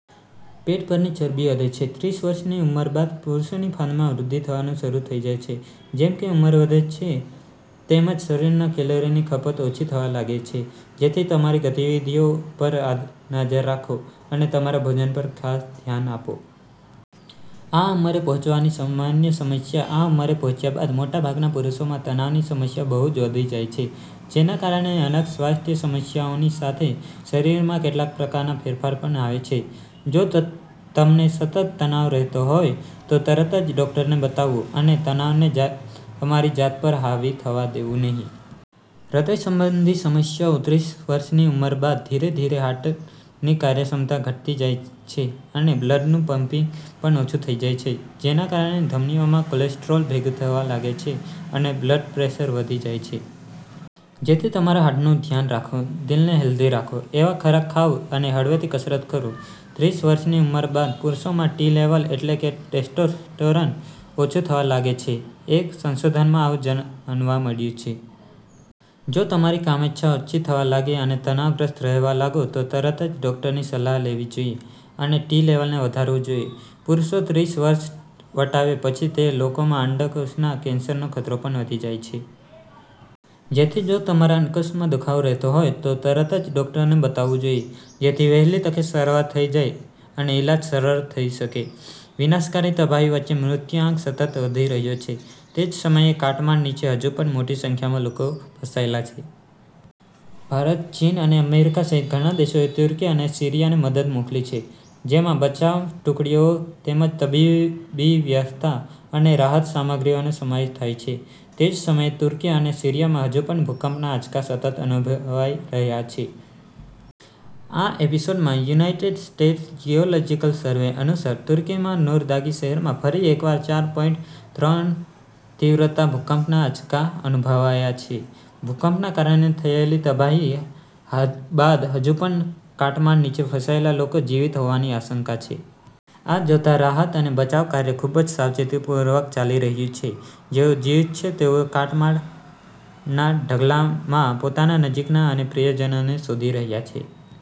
પેટ પરની ચરબી વધે છે ત્રીસ વર્ષની ઉંમર બાદ પુરૂષોની ફાંદમાં વૃદ્ધિ થવાનું શરૂ થઈ જાય છે. જેમ કે ઉંમર વધે છે તેમ જ શરીરમાં કેલરીની ખપત ઓછી થવા લાગે છે. જેથી તમારી ગતિવિધિઓ પર નજર રાખો અને તમારા ભોજન પર ખાસ ધ્યાન આપો. આ ઉંમરે પહોંચવાની સામાન્ય સમસ્યા આ ઉંમરે પહોંચ્યા બાદ મોટાભાગના પુરૂષોમાં તણાવની સમસ્યા બહુ જ વધી જાય છે. જેના કારણે અનેક સ્વાસ્થ્ય સમસ્યાઓની સાથે શરીરમાં કેટલાક પ્રકારના ફેરફાર પણ આવે છે. જો તમને સતત તણાવ રહેતો હોય તો તરત ડોક્ટરને બતાવવું અને તણાવને તમારી જાત જાત પર હાવી થવા દેવું નહીં. હૃદય સંબંધી સમસ્યાઓ ત્રીસ વર્ષની ઉંમર બાદ ધીરે-ધીરે હાર્ટની કાર્યક્ષમતા ઘટતી જાય છે અને બ્લડનું પંપિગ પણ ઓછું થઈ જાય છે. જેના કારણે ધમનીઓમાં કોલેસ્ટ્રોલ ભેગું થવા લાગે છે અને બ્લડપ્રેશર વધી જાય છે. જેથી તમારા હાર્ટનું ધ્યાન રાખો, દિલને હેલ્ધી રાખે. એવા ખોરાક ખાઓ અને હળવી કસરતો કરો. ત્રીસ વર્ષની ઉંમર બાદ પુરૂષોમાં ટી લેવલ એટલે કે ટેસ્ટોસ્ટેરોન ઓછું થવા લાગે છે. એક સંશોધનમાં આવું જાણવા મળ્યું છે. જો તમારી કામેચ્છા ઓછી થવા લાગે અને તણાવગ્રસ્ત રહેવા લાગો તો તરત જ ડોક્ટરની સલાહ લેવી જોઈએ અને ટી લેવલને વધારવું જોઈએ. પુરૂષો ત્રીસ વર્ષ વટાવે પછી તે લોકોમાં અંડકોષના કેન્સરનો ખતરો પણ વધી જાય છે. જેથી જો તમારા અંડકોષમાં દુખાવો રહેતો હોય તો તરત જ ડોક્ટરને બતાવવું જોઈએ. જેથી વહેલી તકે સારવાર થઈ જાય અને ઈલાજ સરળ થઈ શકે. વિનાશકારી તબાહી વચ્ચે, મૃત્યુઆંક સતત વધી રહ્યો છે. તે જ સમયે, કાટમાળ નીચે હજુ પણ મોટી સંખ્યામાં લોકો ફસાયેલા છે. ભારત, ચીન અને અમેરિકા સહિત ઘણા દેશોએ તુર્કી અને સીરિયાને મદદ મોકલી છે. જેમાં બચાવ ટુકડીઓ તેમજ તબીબી વ્યવસ્થા અને રાહત સામગ્રીનો સમાવેશ થાય છે. તે જ સમયે, તુર્કી અને સીરિયામાં હજુ પણ ભૂકંપના આંચકા સતત અનુભવાઈ રહ્યા છે. આ એપિસોડમાં, યુનાઇટેડ સ્ટેટ્સ જિયોલોજિકલ સર્વે અનુસાર, તુર્કીના નૂરદાગી શહેરમાં ફરી એકવાર ચાર પોઈન્ટ ત્રણની તીવ્રતાના ભૂકંપના આંચકા અનુભવાયા છે. ભૂકંપના કારણે થયેલી તબાહી બાદ હજુ પણ કાટમાળ નીચે ફસાયેલા લોકો જીવિત હોવાની આશંકા છે. આ જોતા રાહત અને બચાવ કાર્ય ખૂબ જ સાવચેતીપૂર્વક ચાલી રહ્યું છે, જેઓ જીવિત છે તેઓ કાટમાળના ઢગલામાં પોતાના નજીકના અને પ્રિયજનોને શોધી રહ્યા છે.